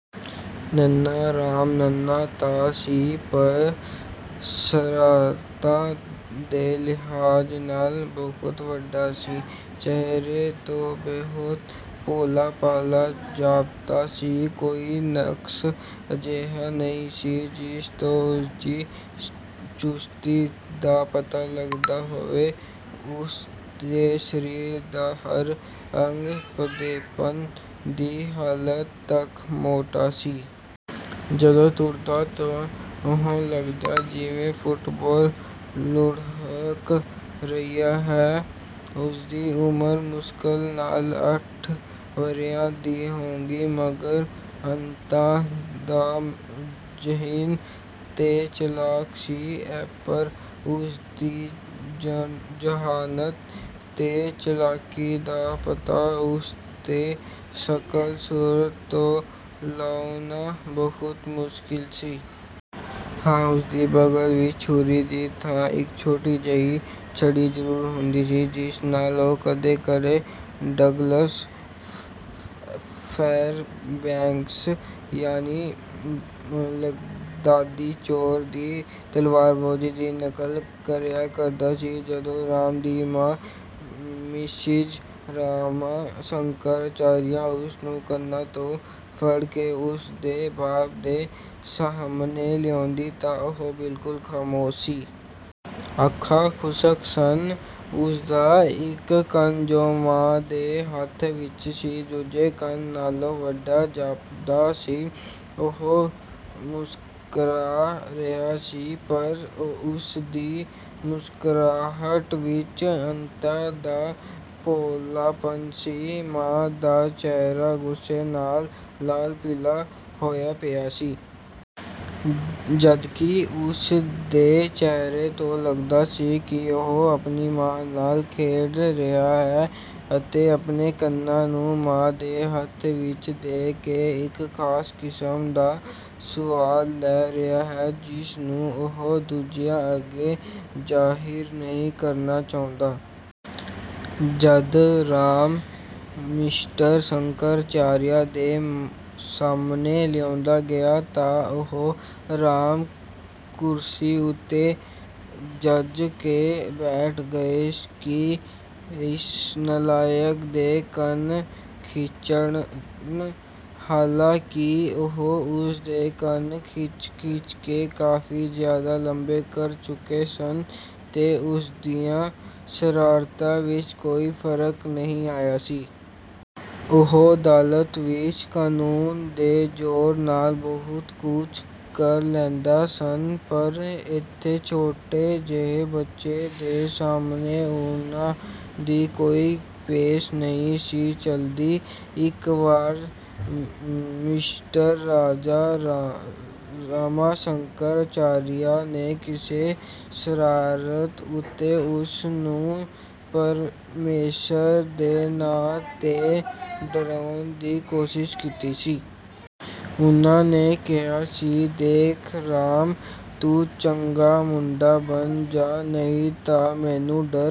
ਨੰਨ੍ਹਾ ਰਾਮ ਨੰਨ੍ਹਾ ਤਾਂ ਸੀ ਪਰ ਸ਼ਰਾਰਤਾਂ ਦੇ ਲਿਹਾਜ਼ ਨਾਲ ਬਹੁਤ ਵੱਡਾ ਸੀ। ਚਿਹਰੇ ਤੋਂ ਬਹੁਤ ਭੋਲਾ-ਭਾਲਾ ਜਾਪਦਾ ਸੀ। ਕੋਈ ਨਕਸ਼ ਅਜਿਹਾ ਨਹੀਂ ਸੀ ਜਿਸ ਤੋਂ ਉਸਦੀ ਚੁਸਤੀ ਦਾ ਪਤਾ ਲਗਦਾ ਹੋਵੇ। ਉਸ ਦੇ ਸਰੀਰ ਦਾ ਹਰ ਅੰਗ ਭੱਦੇਪਣ ਦੀ ਹਾਲਤ ਤਕ ਮੋਟਾ ਸੀ। ਜਦੋਂ ਤੁਰਦਾ ਤਾਂ ਇਹੁ ਲਗਦਾ ਜਿਵੇਂ ਫੁੱਟਬਾਲ ਲੁੜ੍ਹਕ ਰਿਆ ਹੈ। ਉਸਦੀ ਉਮਰ ਮੁਸ਼ਕਿਲ ਨਾਲ ਅੱਠ ਵਰ੍ਹਿਆਂ ਦੀ ਹੋਵੇਗੀ, ਮਗਰ ਅੰਤਾਂ ਦਾ ਜ਼ਹੀਨ ਤੇ ਚਲਾਕ ਸੀ। ਐਪਰ ਉਸ ਦੀ ਜ਼ਹਾਨਤ ਤੇ ਚਲਾਕੀ ਦਾ ਪਤਾ ਉਸ ਦੇ ਸ਼ਕਲ-ਸੂਰਤ ਤੋਂ ਲਾਉੇਣਾ ਬਹੁਤ ਮੁਸ਼ਕਿਲ ਸੀ। ਹਾਂ, ਉਸ ਦੀ ਬਗ਼ਲ ਵਿਚ ਛੁਰੀ ਦੀ ਥਾਂ ਇਕ ਛੋਟੀ ਜਿਹੀ ਛੜੀ ਜ਼ਰੂਰ ਹੁੰਦੀ ਸੀ ਜਿਸ ਨਾਲ ਉਹ ਕਦੇ-ਕਦੇ ਡਗਲਸ ਫੇਅਰਬੈਂਕਸ ਯਾਨਿ ਬਗ਼ਦਾਦੀ ਚੋਰ ਦੀ ਤਲਵਾਰਬਾਜ਼ੀ ਦੀ ਨਕਲ ਕਰਿਆ ਕਰਦਾ ਸੀ। ਜਦੋਂ ਰਾਮ ਦੀ ਮਾਂ ਮਿਸਿਜ਼ ਰਾਮਾ ਸ਼ੰਕਰ ਅਚਾਰੀਆ ਉਸ ਨੂੰ ਕੰਨਾਂ ਤੋਂ ਫੜ ਕੇ ਉਸ ਦੇ ਬਾਪ ਦੇ ਸਾਹਮਣੇ ਲਿਆੳਂਦੀ ਤਾਂ ਉਹ ਬਿਲਕੁਲ ਖਾਮੋਸ਼ ਸੀ। ਅੱਖਾਂ ਖੁਸ਼ਕ ਸਨ। ਉਸ ਦਾ ਇਕ ਕੰਨ ਜੋ ਮਾਂ ਦੇ ਹੱਥ ਵਿਚ ਸੀ, ਦੂਜੇ ਕੰਨ ਨਾਲੋਂ ਵੱਡਾ ਜਾਪਦਾ ਸੀ। ਉਹ ਮੁਸਕਰਾ ਰਿਹਾ ਸੀ ਪਰ ਉਸ ਦੀ ਮੁਸਕਰਾਹਟ ਵਿਚ ਅੰਤਾਂ ਦਾ ਭੋਲਾਪਣ ਸੀ। ਮਾਂ ਦਾ ਚਿਹਰਾ ਗੁੱਸੇ ਨਾਲ ਲਾਲ-ਪੀਲਾ ਹੋਇਆ ਪਿਆ ਸੀ। ਜਦਕਿ ਉਸ ਦੇ ਚਿਹਰੇ ਤੋਂ ਲਗਦਾ ਸੀ ਕਿ ਉਹ ਆਪਣੀ ਮਾਂ ਨਾਲ ਖੇਡ ਰਿਹਾ ਹੈ ਅਤੇ ਆਪਣੇ ਕੰਨਾਂ ਨੂੰ ਮਾਂ ਦੇ ਹੱਥ ਵਿਚ ਦੇ ਕੇ ਇਕ ਖਾਸ ਕਿਸਮ ਦਾ ਸੁਆਦ ਲੈ ਰਿਹਾ ਹੈ ਜਿਸ ਨੂੰ ਉਹ ਦੂਜਿਆਂ ਅੱਗੇ ਜ਼ਾਹਿਰ ਨਹੀਂ ਕਰਨਾ ਚਾਹੁੰਦਾ। ਜਦ ਰਾਮ ਮਿਸਟਰ ਸ਼ੰਕਰ ਆਚਾਰੀਆ ਦੇ ਸਾਹਮਣੇ ਲਿਆਂਦਾ ਗਿਆ ਤਾਂ ਉਹ ਆਰਾਮ ਕੁਰਸੀ ਉਤੇ ਜਜ ਕੇ ਬੈਠ ਗਏ ਕਿ ਇਸ ਨਾਲਾਇਕ ਦੇ ਕੰਨ ਖਿੱਚਣ। ਹਾਲਾਂਕਿ ਉਹ ਉਸ ਦੇ ਕੰਨ ਖਿੱਚ-ਖਿੱਚ ਕੇ ਕਾਫੀ ਜ਼ਿਆਦਾ ਲੰਮੇ ਕਰ ਚੁੱਕੇ ਸਨ ਤੇ ਉਸ ਦੀਆਂ ਸ਼ਰਾਰਤਾਂ ਵਿਚ ਕੋਈ ਫਰਕ ਨਹੀਂ ਆਇਆ ਸੀ। ਉਹ ਅਦਾਲਤ ਵਿਚ ਕਾਨੂੰਨ ਦੇ ਜ਼ੋਰ ਨਾਲ ਬਹੁਤ ਕੁਝ ਕਰ ਲੈਂਦਾ ਸਨ ਪਰ ਇਥੇ ਛੋਟੇ ਜਿਹੇ ਬੱਚੇ ਦੇ ਸਾਹਮਣੇ ਉਨ੍ਹਾਂ ਦੀ ਕੋਈ ਪੇਸ਼ ਨਹੀਂ ਸੀ ਚਲਦੀ। ਇਕ ਵਾਰ ਮਿਸਟਰ ਰਾਮਾ ਸ਼ੰਕਰ ਅਚਾਰੀਆ ਨੇ ਕਿਸੇ ਸ਼ਰਾਰਤ ਉਤੇ ਉਸ ਨੂੰ ਪਰਮੇਸ਼ਰ ਦੇ ਨਾਂ 'ਤੇ ਡਰਾਉਣ ਦੀ ਕੋਸ਼ਿਸ਼ ਕੀਤੀ ਸੀ। ਉਨ੍ਹਾਂ ਨੇ ਕਿਹਾ ਸੀ, "ਦੇਖ ਰਾਮ, ਤੂੰ ਚੰਗਾ ਮੁੰਡਾ ਬਣ ਜਾਹ, ਨਹੀਂ ਤਾਂ ਮੈਨੂੰ ਡਰ